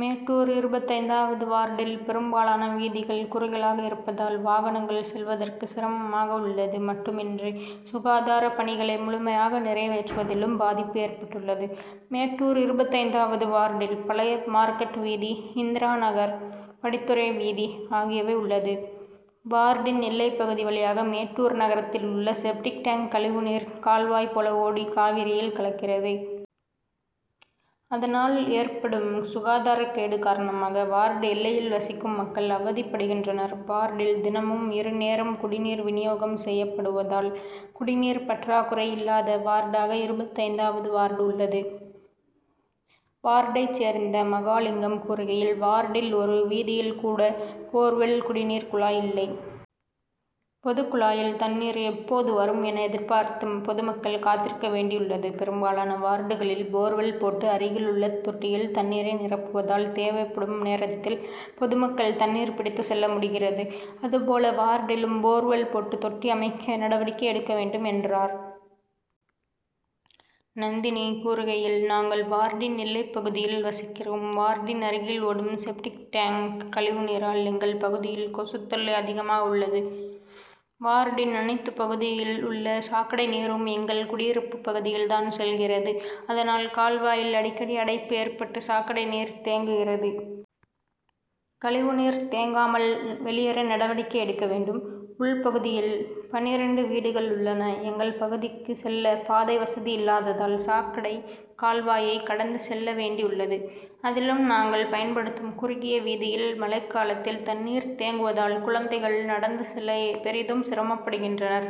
மேட்டூர் இருபத்தைந்தாவது வார்டில் பெரும்பாலான வீதிகள் குறுகலாக இருப்பதால் வாகனங்கள் செல்வதற்கு சிரமமாக உள்ளது மட்டுமின்றி சுகாதார பணிகளை முழுமையாக நிறைவேற்றுவதிலும் பாதிப்பு ஏற்பட்டுள்ளது. மேட்டூர் இருபத்தைந்தாவது வார்டில் பழைய மார்க்கெட் வீதி, இந்திரா நகர், படித்துறை வீதி ஆகியவை உள்ளது. வார்டின் எல்லைப்பகுதி வழியாக மேட்டூர் நகரத்தில் உள்ள செப்டிக்-டேங்க் கழிவுநீர் கால்வாய் போல ஓடி காவிரியில் கலக்கிறது. அதனால், ஏற்படும் சுகாதார கேடு காரணமாக வார்டு எல்லையில் வசிக்கும் மக்கள் அவதிப்படுகின்றனர். வார்டில் தினமும் இருநேரம் குடிநீர் விநியோகம் செய்யப்படுவதால், குடிநீர் பற்றாக்குறை இல்லாத வார்டாக இருபத்தைந்தாவது வார்டு உள்ளது. வார்டை சேர்ந்த மகாலிங்கம் கூறுகையில், வார்டில் ஒரு வீதியில் கூட போர்வெல் குடிநீர் குழாய் இல்லை. பொதுகுழாயில் தண்ணீர் எப்போது வரும் என எதிர்பார்த்து பொதுமக்கள் காத்திருக்க வேண்டியுள்ளது. பெரும்பாலான வார்டுகளில் போர்வெல் போட்டு, அருகிலுள்ள தொட்டியில் தண்ணீரை நிரப்புவதால், தேவைப்படும் நேரத்தில் பொதுமக்கள் தண்ணீர் பிடித்து செல்ல முடிகிறது. அதுபோல வார்டிலும் போர்வெல் போட்டு தொட்டி அமைக்க நடவடிக்கை எடுக்க வேண்டும், என்றார். நந்தினி கூறுகையில், நாங்கள் வார்டின் எல்லைப்பகுதியில் வசிக்கிறோம். வார்டின் அருகில் ஓடும் செப்டிக்-டேங்க் கழிவுநீரால் எங்கள் பகுதியில் கொசுத்தொல்லை அதிகமாக உள்ளது. வார்டின் அனைத்து பகுதியில் உள்ள சாக்கடை நீரும் எங்கள் குடியிருப்பு பகுதியில் தான் செல்கிறது. அதனால், கால்வாயில் அடிக்கடி அடைப்பு ஏற்பட்டு சாக்கடை நீர் தேங்குகிறது. கழிவுநீர் தேங்காமல் வெளியேற நடவடிக்கை எடுக்க வேண்டும், உள்பகுதியில் பன்னிரண்டு வீடுகள் உள்ளன. எங்கள் பகுதிக்கு செல்ல பாதை வசதி இல்லாததால், சாக்கடை கால்வாயை கடந்து செல்ல வேண்டியுள்ளது. அதிலும் நாங்கள் பயன்படுத்தும் குறுகிய வீதியில் மழைக்காலத்தில் தண்ணீர் தேங்குவதால் குழந்தைகள் நடந்து செல்ல பெரிதும் சிரமப்படுகின்றனர்.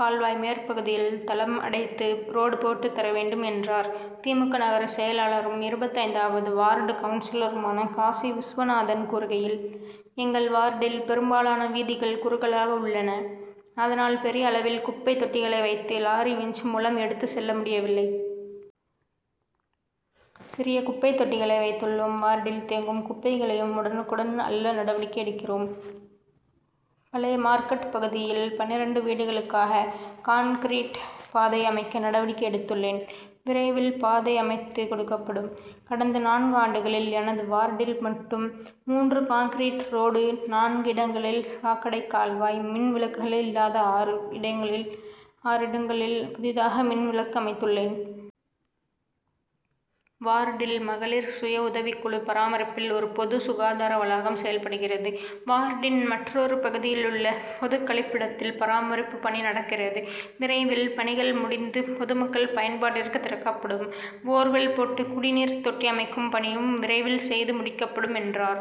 கால்வாய் மேற்பகுதியில் தளம் அடைத்து ரோடு போட்டு தர வேண்டும், என்றார். தி. மு. க., நகர செயலாளரும், இருபத்தைந்தாவது வார்டு கவுன்சிலருமான காசி விஸ்வநாதன் கூறுகையில், எங்கள் வார்டில் பெரும்பாலான வீதிகள் குறுகலாக உள்ளன. அதனால், பெரிய அளவில் குப்பை தொட்டிகளை வைத்து லாரி விஞ்ச் மூலம் எடுத்து செல்ல முடியவில்லை. சிறிய குப்பை தொட்டிகளை வைத்துள்ளோம். வார்டில் தேங்கும் குப்பைகளையும் உடனுக்குடன் அள்ள நடவடிக்கை எடுக்கிறோம். பழைய மார்க்கெட் பகுதியில் பன்னிரண்டு வீடுகளுக்காக கான்கிரீட் பாதை அமைக்க நடவடிக்கை எடுத்துள்ளேன். விரைவில் பாதை அமைத்து கொடுக்கப்படும். கடந்த நான்கு ஆண்டுகளில் எனது வார்டில் மட்டும் மூன்று கான்கிரீட் ரோடு, நான்கு இடங்களில் சாக்கடை கால்வாய், மின் விளக்குகளே இல்லாத ஆறு இடங்களில் புதிதாக மின்விளக்கு அமைத்துள்ளேன். வார்டில் மகளிர் சுய உதவி குழு பராமரிப்பில் ஒரு பொது சுகாதார வளாகம் செயல்படுகிறது. வார்டின் மற்றொரு பகுதியில் உள்ள பொதுகழிப்பிடத்தில் பராமரிப்பு பணி நடக்கிறது. விரைவில் பணிகள் முடிந்து பொதுமக்கள் பயன்பாட்டிற்கு திறக்கப்படும். போர்வெல் போட்டு குடிநீர் தொட்டி அமைக்கும் பணியும் விரைவில் செய்து முடிக்கப்படும், என்றார்.